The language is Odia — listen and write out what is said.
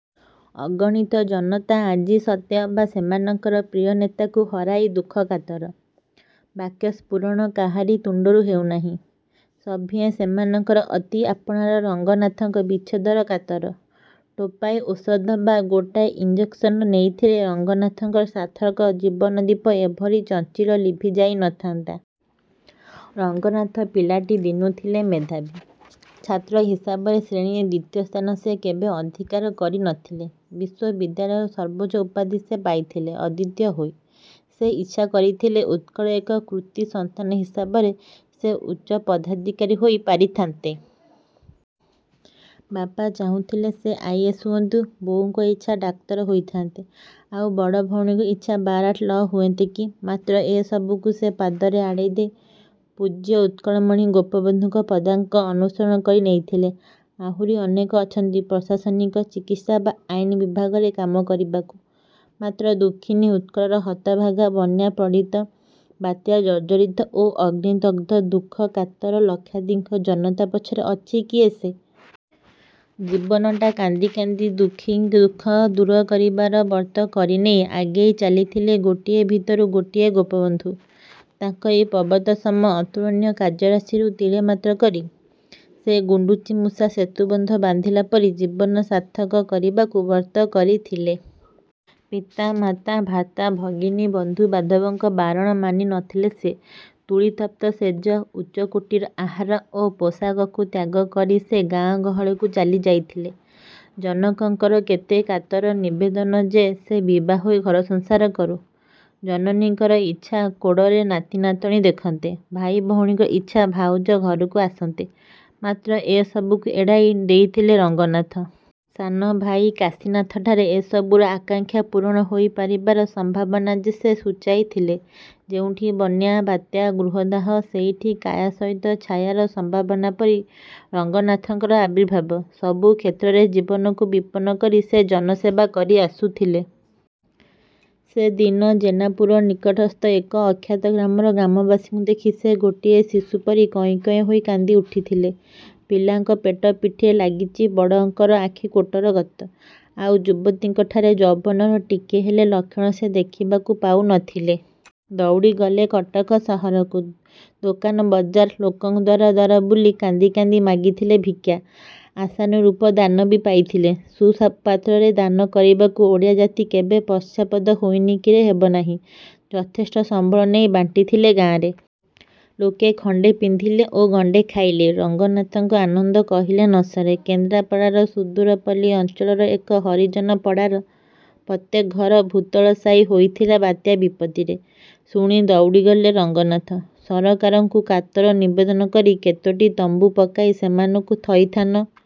ଅଗଣିତ ଜନତା ଆଜି ସତେ ଅବା ସେମାନଙ୍କର ପ୍ରିୟ ନେତାଙ୍କୁ ହରାଇ ଦୁଃଖକାତର। ବାକ୍ୟ ସ୍ଫୁରଣ କାହାରି ତୁଣ୍ତରୁ ହେଉନାହିଁ। ସଭିଏଁ ସେମାନଙ୍କର ଅତି ଆପଣାର ରଙ୍ଗନାଥଙ୍କ ବିଚ୍ଛେଦରେ କାତର। ଟୋପାଏ ଔଷଧ ବା ଗୋଟାଏ ଇଞ୍ଜେକ୍ସନ ନେଇଥିଲେ ରଙ୍ଗନାଥଙ୍କର ସାର୍ଥକ ଜୀବନ-ଦୀପ ଏପରି ଚଞ୍ଚିଳ ଲିଭିଯାଇ ନ ଥାନ୍ତା। ରଙ୍ଗନାଥ ପିଲାଟି ଦିନୁ ଥିଲେ ମେଧାବୀ। ଛାତ୍ର ହିସାବରେ ଶ୍ରେଣୀରେ ଦ୍ୱିତୀୟ ସ୍ଥାନ ସେ କେବେ ଅଧିକାର କରି ନ ଥିଲେ। ବିଶ୍ୱବିଦ୍ୟାଳୟର ସର୍ବୋଚ୍ଚ ଉପାଧି ସେ ପାଇଥିଲେ ଅଦ୍ୱିତୀୟ ହୋଇ। ଇଚ୍ଛା କରିଥିଲେ ଉତ୍କଳର ଏକ କୃତି ସନ୍ତାନ ହିସାବରେ ସେ ଉଚ୍ଚ ପଦାଧିକାରୀ ହୋଇ ପାରିଥାନ୍ତେ। ବାପା ଚାହୁଁଥିଲେ ସେ ଆଇ. ଏ. ଏସ୍. ହୁଅନ୍ତୁ, ବୋଉଙ୍କ ଇଚ୍ଛା ଡାକ୍ତର ହୋଇଥାଆନ୍ତେ। ଆଉ ବଡ଼ ଭଉଣୀଙ୍କର ଇଚ୍ଛା ବାର-ଆଟ-ଲ ହୁଏନ୍ତେ କି! ମାତ୍ର ଏ ସବୁକୁ ସେ ପାଦରେ ଆଡ଼େଇ ଦେଇ ପୂଜ୍ୟ ଉତ୍କଳମଣି ଗୋପବନ୍ଧୁଙ୍କ ପଦାଙ୍କ ଅନୁସରଣ କରି ନେଇଥିଲେ। ଆହୁରି ଅନେକ ଅଛନ୍ତି ପ୍ରଶାସନିକ, ଚିକିତ୍ସା ବା ଆଇନ ବିଭାଗରେ କାମ କରିବାକୁ; ମାତ୍ର ଦୁଃଖୀନି ଉତ୍କଳର ହତଭାଗା ବନ୍ୟାପ୍ରପୀଡ଼ିତ, ବାତ୍ୟାଜର୍ଜରିତ ଓ ଅଗ୍ନିଦଗ୍ଧ ଦୁଃଖ କାତର ଲକ୍ଷାଧିକ ଜନତା ପଛରେ ଅଛି କିଏ ସେ? ଜୀବନଟା କାନ୍ଦି କାନ୍ଦି ଦୁଃଖୀଙ୍କ ଦୁଃଖ ଦୂର କରିବାର ବ୍ରତ କରିନେଇ ଆଗେଇ ଚାଲିଥିଲେ କୋଟିଏ ଭିତରୁ ଗୋଟିଏ, ଗୋପବନ୍ଧୁ। ତାଙ୍କରି ପର୍ବତସମ ଅତୁଳନୀୟ କାର୍ଯ୍ୟରାଶିରୁ ତିଳେ ମାତ୍ର କରି, ସେ ଗୁଣ୍ତିଚି ମୂଷା ସେତୁବନ୍ଧ ବାନ୍ଧିଲା ପରି ଜୀବନ ସାର୍ଥକ କରିବାକୁ ବ୍ରତ କରିଥିଲେ। ପିତା ମାତା, ଭ୍ରାତା ଭଗିନୀ, ବନ୍ଧୁ ବାନ୍ଧବଙ୍କ ବାରଣ ମାନି ନ ଥିଲେ ସିଏ। ତୁଳିତଳ୍ପ ଶେଯ, ଉଚ୍ଚକୋଟୀର ଆହାର ଓ ପୋଷାକକୁ ତ୍ୟାଗ କରି ସେ ଗାଁ ଗହଳକୁ ଚାଲିଯାଇଥିଲେ। ଜନକଙ୍କର କେତେ କାତର ନିବେଦନ ଯେ, ସେ ବିଭାହୋଇ ଘରସଂସାର କରୁ, ଜନନୀଙ୍କର ଇଚ୍ଛା କୋଡ଼ରେ ନାତି ନାତୁଣୀ ଦେଖନ୍ତେ, ଭାଇ ଭଉଣୀଙ୍କର ଇଚ୍ଛା ଭାଉଜ ଘରକୁ ଆସନ୍ତେ; ମାତ୍ର ଏ ସବୁକୁ ଏଡ଼ାଇ ଦେଇଥିଲେ ରଙ୍ଗନାଥ। ସାନ ଭାଇ କାଶୀନାଥଠାରେ ଏ ସବୁର ଆକାଙ୍କ୍ଷା ପୂରଣ ହୋଇ ପାରିବାର ସମ୍ଭାବନା ସେ ସୂଚାଇଥିଲେ। ଯେଉଁଠି ବନ୍ୟା, ବାତ୍ୟା, ଗୃହଦାହ; ସେଇଠି କାୟା ସହିତ ଛାୟାର ସମ୍ଭାବନା ପରି ରଙ୍ଗନାଥଙ୍କର ଆବିର୍ଭାବ। ସବୁ କ୍ଷେତ୍ରରେ ଜୀବନକୁ ବିପନ୍ନ କରି ସେ ଜନସେବା କରି ଆସୁଥିଲେ-। ସେ ଦିନ ଜେନାପୁର ନିକଟସ୍ଥ ଏକ ଅଖ୍ୟାତ ଗ୍ରାମର ଗ୍ରାମବାସୀଙ୍କୁ ଦେଖି ସେ ଗୋଟିଏ ଶିଶୁ ପରି କଇଁ କଇଁ ହୋଇ କାନ୍ଦିଉଠିଥିଲେ। ପିଲାଙ୍କ ପେଟ ପିଠିରେ ଲାଗିଚି, ବଡ଼ଙ୍କର ଆଖି କୋଟରଗତ, ଆଉ ଯୁବତୀଙ୍କଠାରେ ଯୌବନର ଟିକିଏ ହେଲେ ଲକ୍ଷଣ ସେ ଦେଖିବାକୁ ପାଉ ନ ଥିଲେ। ଦଉଡ଼ି ଗଲେ କଟକ ସହରକୁ। ଦୋକାନ, ବଜାର, ଲୋକଙ୍କ ଦ୍ୱାରା ଦ୍ୱାର ବୁଲି କାନ୍ଦି କାନ୍ଦି ମାଗିଥିଲେ ଭିକ୍ଷା। ଆଶାନୁରୂପ ଦାନ ବି ପାଇଥିଲେ। ସୁ-ପାତ୍ରରେ ଦାନ କରିବାକୁ ଓଡ଼ିଆ ଜାତି କେବେ ପଶ୍ଚାତ୍ପଦ ହୋଇନି କି ହେବ ନାହିଁ। ଯଥେଷ୍ଟ ସମ୍ବଳ ନେଇ ବାଣ୍ଟିଥିଲେ ଗାଁରେ-। ଲୋକେ ଖଣ୍ତେ ପିନ୍ଧିଲେ ଓ ଗଣ୍ତେ ଖାଇଲେ, ରଙ୍ଗନାଥଙ୍କ ଆନନ୍ଦ କହିଲେ ନ ସରେ। କେନ୍ଦ୍ରାପଡ଼ାର ସୁଦୂର ପଲ୍ଲୀ ଅଞ୍ଚଳର ଏକ ହରିଜନପଡ଼ାର ପ୍ରତ୍ୟେକ ଘର ଭୂତଳଶାୟୀ ହୋଇଥିଲା ବାତ୍ୟା ବିପତ୍ତିରେ। ଶୁଣି ଦଉଡ଼ି ଗଲେ ରଙ୍ଗନାଥ। ସରକାରଙ୍କୁ କାତର ନିବେଦନ କରି କେତୋଟି ତମ୍ବୁ ପକାଇ ସେମାନଙ୍କୁ ଥଇଥାନ